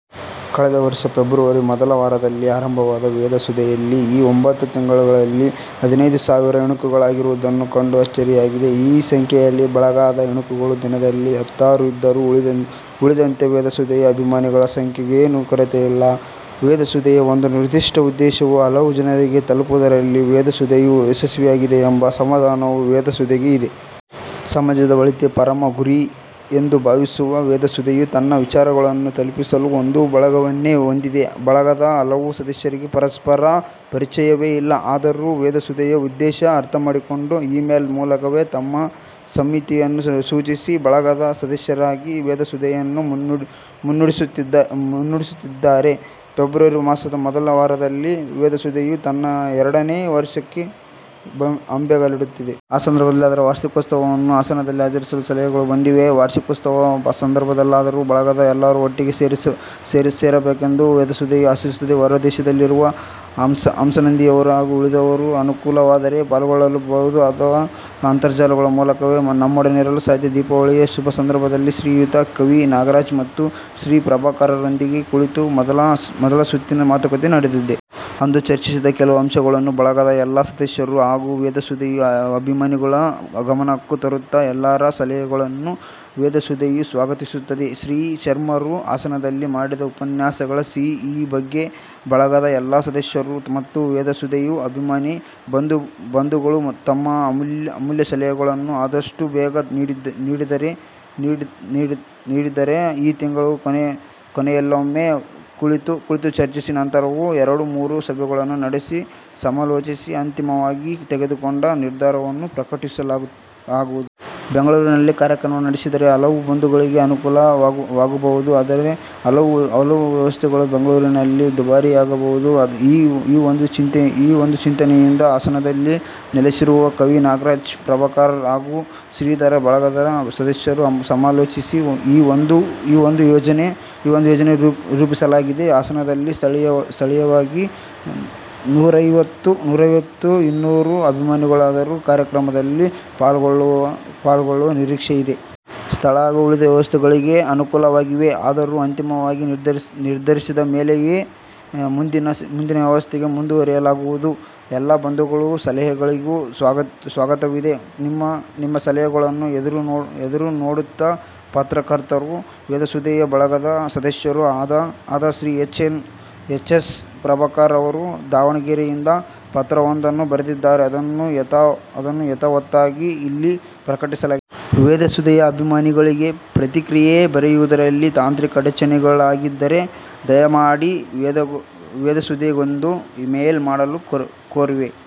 ಕಳೆದ ವರ್ಷ ಫೆಬ್ರವರಿ ಮೊದಲ ವಾರದಲ್ಲಿ ಆರಂಭವಾದ ವೇದ ಸುಧೆಯಲ್ಲಿ ಈ ಒಂಬತ್ತು ತಿಂಗಳಲ್ಲಿ ಹದಿನೈದು ಸಾವಿರ ಇಣುಕುಗಳಾಗಿರುವುದನ್ನು ಕಂಡು ಅಚ್ಚರಿಯಾಗಿದೆ. ಈ ಸಂಖ್ಯೆಯಲ್ಲಿ ಬಳಗದ ಇಣುಕುಗಳು ದಿನದಲ್ಲಿ ಹತ್ತಾರು ಇದ್ದರೂ ಉಳಿದಂತೆ ವೇದಸುಧೆಯ ಅಭಿಮಾನಿಗಳ ಸಂಖ್ಯೆಗೇನೂ ಕೊರತೆ ಇಲ್ಲ. ವೇದಸುಧೆಯ ಒಂದು ನಿರ್ದಿಷ್ಟ ಉದ್ದೇಶವು ಹಲವು ಜನರಿಗೆ ತಲುಪುವುದರಲ್ಲಿ ವೇದಸುಧೆಯು ಯಶಸ್ವಿಯಾಗಿದೆ, ಎಂಬ ಸಮಾಧಾನವು ವೇದಸುಧೆಗೆ ಇದೆ. ಸಮಾಜದ ಒಳಿತೇ ಪರಮ ಗುರಿ ಎಂದು ಭಾವಿಸುವ ವೇದಸುಧೆಯು ತನ್ನ ವಿಚಾರಗಳನ್ನು ತಲುಪಿಸಲು ಒಂದು ಬಳಗವನ್ನೇ ಹೊಂದಿದೆ. ಬಳಗದ ಹಲವು ಸದಸ್ಯರಿಗೆ ಪರಸ್ಪರ ಪರಿಚಯವೇ ಇಲ್ಲ. ಆದರೂ ವೇದಸುಧೆಯ ಉದ್ದೆಶವನ್ನು ಅರ್ಥಮಾಡಿಕೊಂಡು ಈ-ಮೇಲ್ ಮೂಲಕವೇ ತಮ್ಮ ಸಮ್ಮತಿಯನ್ನು ಸೂಚಿಸಿ ಬಳಗದ ಸದಸ್ಯರಾಗಿ ವೇದಸುಧೆಯನ್ನು ಮುನ್ನಡೆಸುತ್ತಿದ್ದಾರೆ. ಫೆಬ್ರವರಿ ಮಾಸದ ಮೊದಲವಾರದಲ್ಲಿ ವೇದಸುಧೆಯು ತನ್ನ ಎರಡನೆಯ ವರ್ಷಕ್ಕೆ ಅಂಬೆಗಾಲಿಡುತ್ತಿದೆ. ಆಸಂದರ್ಭದಲ್ಲಿ ಅದರ ವಾರ್ಷಿಕೋತ್ಸವನ್ನು ಹಾಸನದಲ್ಲಿ ಆಚರಿಸಲು ಸಲಹೆಗಳು ಬಂದಿವೆ. ವಾರ್ಷಿಕೋತ್ಸವ ಸಂದರ್ಭದಲ್ಲಾದರೂ ಬಳಗದ ಎಲ್ಲರೂ ಒಟ್ಟಿಗೆ ಸೇರಬೇಕೆಂದು ವೇದಸುಧೆಯು ಆಶಿಸುತ್ತದೆ. ಹೊರದೇಶದಲ್ಲಿರುವ ಹಂಸಾನಂದಿಯವರು ಹಾಗೂ ಉಳಿದವರು ಅನುಕೂಲವಾದರೆ ಪಾಲ್ಗೊಳ್ಳಲೂ ಬಹುದು ಅಥವಾ ಅಂತರ್ಜಾಲದ ಮೂಲಕವೇ ನಮ್ಮೊಡನಿರಲು ಸಾಧ್ಯ. ದೀಪಾವಳಿಯ ಶುಭಸಂದರ್ಭದಲ್ಲಿ ಶ್ರೀಯುತ ಕವಿ ನಾಗರಾಜ್ ಮತ್ತು ಶ್ರೀ ಪ್ರಭಾಕರರೊಂದಿಗೆ ಕುಳಿತು ಮೊದಲ ಸುತ್ತಿನ ಮಾತುಕತೆ ನಡೆದಿದೆ. ಅಂದು ಚರ್ಚಿಸಿದ ಕೆಲವು ಅಂಶಗಳನ್ನು ಬಳಗದ ಎಲ್ಲಾ ಸದಸ್ಯರ ಹಾಗೂ ವೇದಸುಧೆಯ ಅಭಿಮಾನಿಗಳ ಗಮನಕ್ಕೂ ತರುತ್ತಾ ಎಲ್ಲರ ಸಲಹೆಗಳನ್ನೂ ವೇದಸುಧೆಯು ಸ್ವಾಗತಿಸುತ್ತದೆ. ಶ್ರೀ ಶರ್ಮರು ಹಾಸನದಲ್ಲಿ ಮಾಡಿದ ಉಪನ್ಯಾಸಗಳ ಸಿ. ಈ ಬಗ್ಗೆ ಬಳಗದ ಎಲ್ಲಾ ಸದಸ್ಯರೂ ಮತ್ತು ವೇದಸುಧೆಯ ಅಭಿಮಾನಿ ಬಂಧುಗಳು ತಮ್ಮ ಅಮೂಲ್ಯಸಲಹೆಗಳನ್ನು ಆದಷ್ಟೂ ಬೇಗ ನೀಡಿದರೆ ಈ ತಿಂಗಳ ಕೊನೆಯಲ್ಲೊಮ್ಮೆ ಕುಳಿತು ಚರ್ಚಿಸಿ ನಂತರವೂ ಎರಡು-ಮೂರು ಸಭೆಯನ್ನು ನಡೆಸಿ ಸಮಾಲೋಚಿಸಿ ಅಂತಿಮವಾಗಿ ತೆಗೆದುಕೊಂಡ ನಿರ್ಧಾರವನ್ನು ಪ್ರಕಟಿಸಲಾಗುವುದು. ಬೆಂಗಳೂರಿನಲ್ಲಿ ಕಾರ್ಯಕ್ರಮ ನಡೆಸಿದರೆ ಹಲವು ಬಂಧುಗಳಿಗೆ ಅನುಕೂಲ ವಾಗಬಹುದು. ಆದರೆ ಹಲವು ವ್ಯವಸ್ಥೆಗಳು ಬೆಂಗಳೂರಿನಲ್ಲಿ ದುಬಾರಿಯಾಗಬಹುದು. ಈ ಒಂದು ಚಿಂತನೆಯಿಂದ ಹಾಸನದಲ್ಲಿ ನೆಲಸಿರುವ ಕವಿನಾಗರಾಜ್, ಪ್ರಭಾಕರ್ ಹಾಗೂ ಶ್ರೀಧರ್ ಬಳಗದ ಸದಸ್ಯರು ಸಮಾಲೋಚಿಸಿ ಈ ಒಂದು ಯೋಜನೆ ರೂಪಿಸಲಾಗಿದೆ. ಹಾಸನದಲ್ಲಿ ಸ್ಥಳೀಯವಾಗಿ ನೂರೈವತ್ತು -ಇನ್ನೂರು ಅಭಿಮಾನಿಗಳಾದರೂ ಕಾರ್ಯಕ್ರಮದಲ್ಲಿ ಪಾಲ್ಗೊಳ್ಳುವ ನಿರೀಕ್ಷೆ ಇದೆ. ಸ್ಥಳ ಹಾಗೂ ಉಳಿದ ವ್ಯವಸ್ಥೆಗಳಿಗೆ ಅನುಕೂಲಗಳಿವೆ. ಆದರೂ ಅಂತಿಮವಾಗಿ ನಿರ್ಧರಿಸಿದಮೇಲೆಯೇ ಮುಂದಿನ ವ್ಯವಸ್ಥೆಗೆ ಮುಂದುವರೆಯಲಾಗುವುದು. ಎಲ್ಲಾ ಬಂಧುಗಳ ಸಲಹೆಗಳಿಗೂ ಸ್ವಾಗತವಿದೆ. ನಿಮ್ಮ ಸಲಹೆಗಳನ್ನು ಎದುರು ನೋಡುತ್ತಾಪತ್ರಕರ್ತರೂ ವೇದಸುಧೆಯ ಬಳಗದ ಸದಸ್ಯರೂ ಆದ ಶ್ರೀ ಎಚ್. ಎಸ್. ಪ್ರಭಾಕರ, ಅವರು ದಾವಣಗೆರೆಯಿಂದ ಪತ್ರಒಂದನ್ನು ಬರೆದಿದ್ದಾರೆ ಅದನ್ನು ಯಥಾವತ್ತಾಗಿ ಇಲ್ಲಿ ಪ್ರಕಟಿಲಾಗಿದೆ. ವೇದಸುಧೆಯ ಅಭಿಮಾನಿಗಳಿಗೆ ಪ್ರತಿಕ್ರಿಯೆ ಬರೆಯುವುದರಲ್ಲಿ ತಾಂತ್ರಿಕ ಅಡಚಣೆಗಳಾಗಿದ್ದರೆ ದಯಮಾಡಿ ವೇದಸುಧೆಗೊಂದು ಮೇಲ್ ಮಾಡಲು ಕೋರುವೆ.